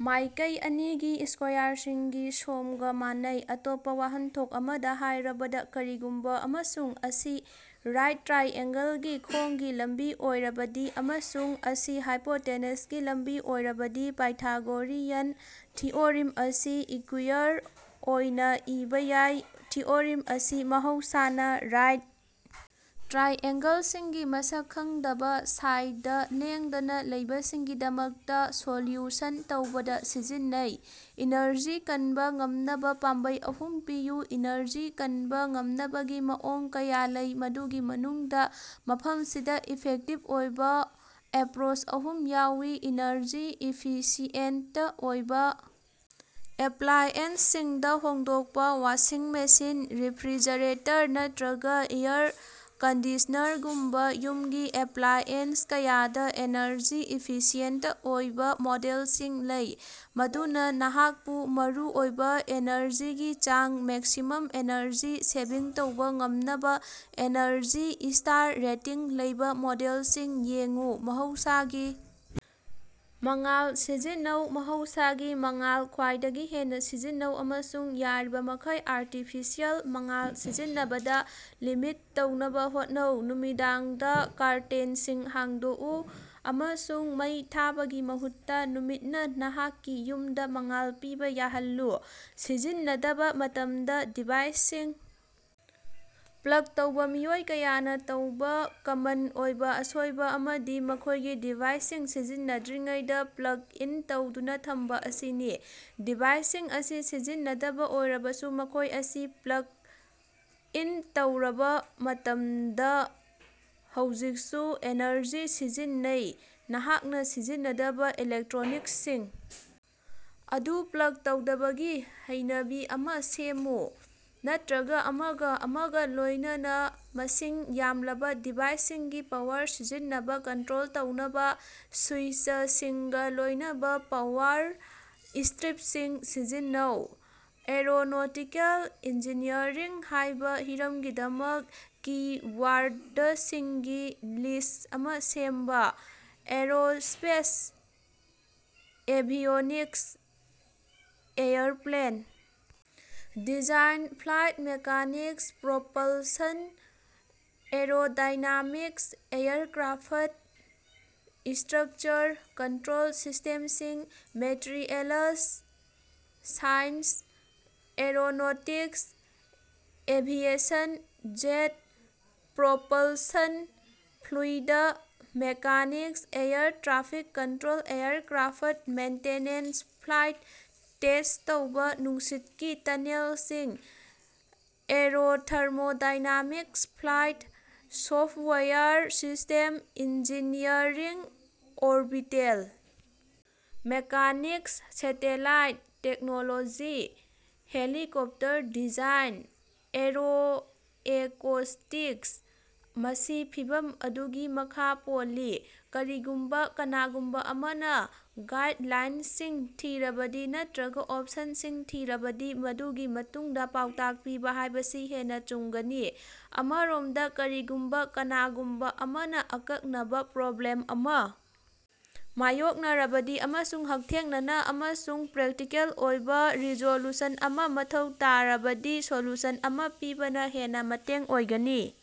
ꯃꯥꯏꯀꯩ ꯑꯅꯤꯒꯤ ꯁ꯭ꯀꯣꯌꯥꯔꯁꯤꯡꯒꯤ ꯁꯣꯝꯒ ꯃꯥꯟꯅꯩ꯫ ꯑꯇꯣꯞꯄ ꯋꯥꯍꯟꯊꯣꯛ ꯑꯃꯗ ꯍꯥꯏꯔꯕꯗ, ꯀꯔꯤꯒꯨꯝꯕ ꯑꯃꯁꯨꯡ ꯑꯁꯤ ꯔꯥꯏꯠ ꯇ꯭ꯔꯥꯏꯑꯦꯡꯒꯜꯒꯤ ꯈꯣꯡꯒꯤ ꯂꯝꯕꯤ ꯑꯣꯏꯔꯕꯗꯤ ꯑꯃꯁꯨꯡ ꯑꯁꯤ ꯍꯥꯏꯄꯣꯇꯦꯅꯁꯀꯤ ꯂꯝꯕꯤ ꯑꯣꯏꯔꯕꯗꯤ, ꯄꯥꯏꯊꯥꯒꯣꯔꯤꯌꯟ ꯊꯤꯑꯣꯔꯤꯝ ꯑꯁꯤ ꯏꯀ꯭ꯌꯨꯏꯌꯔ ꯑꯣꯏꯅ ꯏꯕꯥ ꯌꯥꯏ꯫ ꯊꯤꯑꯣꯔꯤꯝ ꯑꯁꯤ ꯃꯍꯧꯁꯥꯅ ꯔꯥꯏꯠ ꯇ꯭ꯔꯥꯏꯑꯦꯡꯒꯜꯁꯤꯡꯒꯤ ꯃꯁꯛ ꯈꯪꯗꯕ ꯁꯥꯏꯗ ꯂꯦꯡꯗꯅ ꯂꯩꯕꯁꯤꯡꯒꯤꯗꯃꯛꯇ ꯁꯣꯂ꯭ꯌꯨꯁꯟ ꯇꯧꯕꯗ ꯁꯤꯖꯤꯟꯅꯩ꯫ ꯏꯅꯔꯖꯤ ꯀꯟꯕ ꯉꯝꯅꯕ ꯄꯥꯝꯕꯩ ꯑꯍꯨꯝ ꯄꯤꯌꯨ꯫ ꯏꯅꯔꯖꯤ ꯀꯟꯕ ꯉꯝꯅꯕꯒꯤ ꯃꯑꯣꯡ ꯀꯌꯥ ꯂꯩ, ꯃꯗꯨꯒꯤ ꯃꯅꯨꯡꯗ, ꯃꯐꯝꯁꯤꯗ ꯏꯐꯦꯛꯇꯤꯚ ꯑꯣꯏꯕ‌ ꯑꯦꯄꯔꯣꯆ ꯑꯍꯨꯝ ꯌꯥꯎꯏ - ꯑꯦꯅꯔꯖꯤ ꯏꯐꯤꯁꯤꯑꯦꯟꯇ ꯑꯣꯏꯕ ꯑꯦꯄ꯭ꯂꯥꯏꯑꯦꯟꯁꯁꯤꯡꯗ ꯍꯣꯡꯗꯣꯛꯄ -ꯋꯥꯁꯤꯡ ꯃꯦꯁꯤꯟ, ꯔꯦꯐ꯭ꯔꯤꯖꯔꯦꯇꯔ, ꯅꯠꯇꯔꯒ ꯑꯦꯌꯔ ꯀꯟꯗꯤꯁꯅ꯭ꯔꯒꯨꯝꯕ ꯌꯨꯝꯒꯤ ꯑꯦꯄ꯭ꯂꯥꯏꯑꯦꯟꯁ ꯀꯌꯥꯗ ꯑꯦꯅꯔꯖꯤ ꯏꯐꯤꯁꯤꯑꯦꯟꯇ ꯑꯣꯏꯕ ꯃꯣꯗꯦꯜꯁꯤꯡ ꯂꯩ, ꯃꯗꯨꯅ ꯅꯍꯥꯛꯄꯨ ꯃꯔꯨꯑꯣꯏꯕ ꯑꯦꯅꯔꯖꯤꯒꯤ ꯆꯥꯡ ꯃꯦꯛꯁꯤꯃꯝ ꯑꯦꯅꯔꯖꯤ ꯁꯦꯚꯤꯡ ꯇꯧꯕ ꯉꯝꯅꯕ ꯑꯦꯅꯔꯖꯤ ꯁ꯭ꯇꯥꯔ ꯔꯦꯇꯤꯡ ꯂꯩꯕ ꯃꯣꯗꯦꯜꯁꯤꯡ ꯌꯦꯡꯎ꯫ ꯃꯍꯧꯁꯥꯒꯤ ꯃꯉꯥꯜ ꯁꯤꯖꯤꯟꯅꯧ - ꯃꯍꯧꯁꯥꯒꯤ ꯃꯉꯥꯜ ꯈ꯭ꯋꯥꯏꯗꯒꯤ ꯍꯦꯟꯅ ꯁꯤꯖꯤꯟꯅꯧ ꯑꯃꯁꯨꯡ ꯌꯥꯔꯤꯕ ꯃꯈꯩ ꯑꯥꯔꯇꯤꯐꯤꯁꯤꯑꯦꯜ ꯃꯉꯥꯜ ꯁꯤꯖꯤꯟꯅꯕꯗ ꯂꯤꯃꯤꯠ ꯇꯧꯅꯕ ꯍꯣꯠꯅꯧ꯫ ꯅꯨꯃꯤꯗꯥꯡꯗ ꯀꯥꯔꯇꯦꯟꯁꯤꯡ ꯍꯥꯡꯗꯣꯛꯎ ꯑꯃꯁꯨꯡ ꯃꯩ ꯊꯥꯕꯒꯤ ꯃꯍꯨꯠꯇ ꯅꯨꯃꯤꯠꯅ ꯅꯍꯥꯛꯀꯤ ꯌꯨꯝꯗ ꯃꯉꯥꯜ ꯄꯤꯕ ꯌꯥꯍꯜꯂꯨ꯫ ꯁꯤꯖꯤꯟꯅꯗꯕ ꯃꯇꯝꯗ ꯗꯤꯚꯥꯏꯁꯁꯤꯡ ꯄ꯭ꯂꯒ ꯇꯧꯕ -ꯃꯤꯑꯣꯏ ꯀꯌꯥꯅ ꯇꯧꯕ ꯀꯃꯟ ꯑꯣꯏꯕ ꯑꯁꯣꯏꯕ ꯑꯃꯗꯤ ꯃꯈꯣꯏꯒꯤ ꯗꯤꯚꯥꯏꯁꯁꯤꯡ ꯁꯤꯖꯤꯟꯅꯗ꯭ꯔꯤꯉꯩꯗ ꯄ꯭ꯂꯒ ꯏꯟ ꯇꯧꯗꯨꯅ ꯊꯝꯕ ꯑꯁꯤꯅꯤ꯫ ꯗꯤꯚꯥꯏꯁꯁꯤꯡ ꯑꯁꯤ ꯁꯤꯖꯤꯟꯅꯗꯕ ꯑꯣꯏꯔꯕꯁꯨ, ꯃꯈꯣꯏ ꯑꯁꯤ ꯄ꯭ꯂꯒ ꯏꯟ ꯇꯧꯔꯕ ꯃꯇꯝꯗ ꯍꯧꯖꯤꯛꯁꯨ ꯑꯦꯅꯔꯖꯤ ꯁꯤꯖꯤꯟꯅꯩ, ꯅꯍꯥꯛꯅ ꯁꯤꯖꯤꯟꯅꯗꯕ ꯏꯂꯦꯛꯇ꯭ꯔꯣꯅꯤꯛꯁꯁꯤꯡ ꯑꯗꯨ ꯄ꯭ꯂꯒ ꯇꯧꯗꯕꯒꯤ ꯍꯩꯅꯕꯤ ꯑꯃ ꯁꯦꯝꯃꯨ, ꯅꯠꯇꯔꯒ ꯑꯃꯒꯥ ꯑꯃꯒꯥ ꯂꯣꯏꯅꯅ ꯃꯁꯤꯡ ꯌꯥꯝꯂꯕ‌ ꯗꯤꯚꯥꯏꯁꯁꯤꯡꯒꯤ ꯄꯥꯋꯔ ꯁꯤꯖꯤꯟꯅꯕ ꯀꯟꯇ꯭ꯔꯣꯜ ꯇꯧꯅꯕ ꯁꯨꯏꯆꯁꯤꯡꯒ ꯂꯣꯏꯅꯕ ꯄꯥꯋꯔ ꯁ꯭ꯇꯔꯤꯞꯁꯤꯡ ꯁꯤꯖꯤꯟꯅꯧ꯫ ꯑꯦꯔꯣꯅꯣꯇꯤꯀꯦꯜ ꯏꯟꯖꯤꯅꯤꯌꯔꯤꯡ ꯍꯥꯏꯕ ꯍꯤꯔꯝꯒꯤꯗꯃꯛ ꯀꯤ-ꯋꯥꯔꯗꯁꯤꯡꯒꯤ ꯂꯤꯁ꯭ꯠ ꯑꯃ ꯁꯦꯝꯕ꯫ Aerospace avionics airplane design flight mechanics propulsion aerodynamics aircraft structure control ꯁꯤꯁꯇꯦꯝꯁꯤꯡ materials science aeronautics aviation jet propulsion fluid mechanics air traffic control aircraft maintenance flight test ꯇꯧꯕ ꯅꯨꯡꯁꯤꯠꯀꯤ ꯇꯅꯦꯜꯁꯤꯡ aerothermodynamics flight. Software system engineering orbital mechanics satellite technology helicopter design aeroacoustics ꯃꯁꯤ ꯐꯤꯚꯝ ꯑꯗꯨꯒꯤ ꯃꯈꯥ ꯄꯣꯜꯂꯤ꯫ ꯀꯔꯤꯒꯨꯝꯕ ꯀꯅꯥꯒꯨꯝꯕ ꯑꯃꯅ ꯒꯥꯏꯗꯂꯥꯏꯟꯁꯤꯡ ꯊꯤꯔꯕꯗꯤ ꯅꯠꯇꯔꯒ ꯑꯣꯞꯁꯟꯁꯤꯡ ꯊꯤꯔꯕꯗꯤ, ꯃꯗꯨꯒꯤ ꯃꯇꯨꯡꯗ ꯄꯥꯎꯇꯥꯛ ꯄꯤꯕ ꯍꯥꯏꯕꯁꯤ ꯍꯦꯟꯅ ꯆꯨꯝꯒꯅꯤ꯫ ꯑꯃꯔꯣꯝꯗ, ꯀꯔꯤꯒꯨꯝꯕ ꯀꯅꯥꯒꯨꯝꯕ ꯑꯃꯅ ꯑꯀꯛꯅꯕ ꯄ꯭ꯔꯣꯕ꯭ꯂꯦꯝ ꯑꯃ ꯃꯥꯌꯣꯛꯅꯔꯕꯗꯤ ꯑꯃꯁꯨꯡ ꯍꯛꯊꯦꯡꯅꯅ ꯑꯃꯁꯨꯡ ꯄ꯭ꯔꯦꯛꯇꯤꯀꯦꯜ ꯑꯣꯏꯕ ꯔꯤꯖꯣꯂꯨꯁꯟ ꯑꯃ ꯃꯊꯧ ꯇꯥꯔꯕꯗꯤ ꯁꯣꯂꯨꯁꯟ ꯑꯃ ꯄꯤꯕꯅ ꯍꯦꯟꯅ ꯃꯇꯦꯡ ꯑꯣꯏꯒꯅꯤ꯫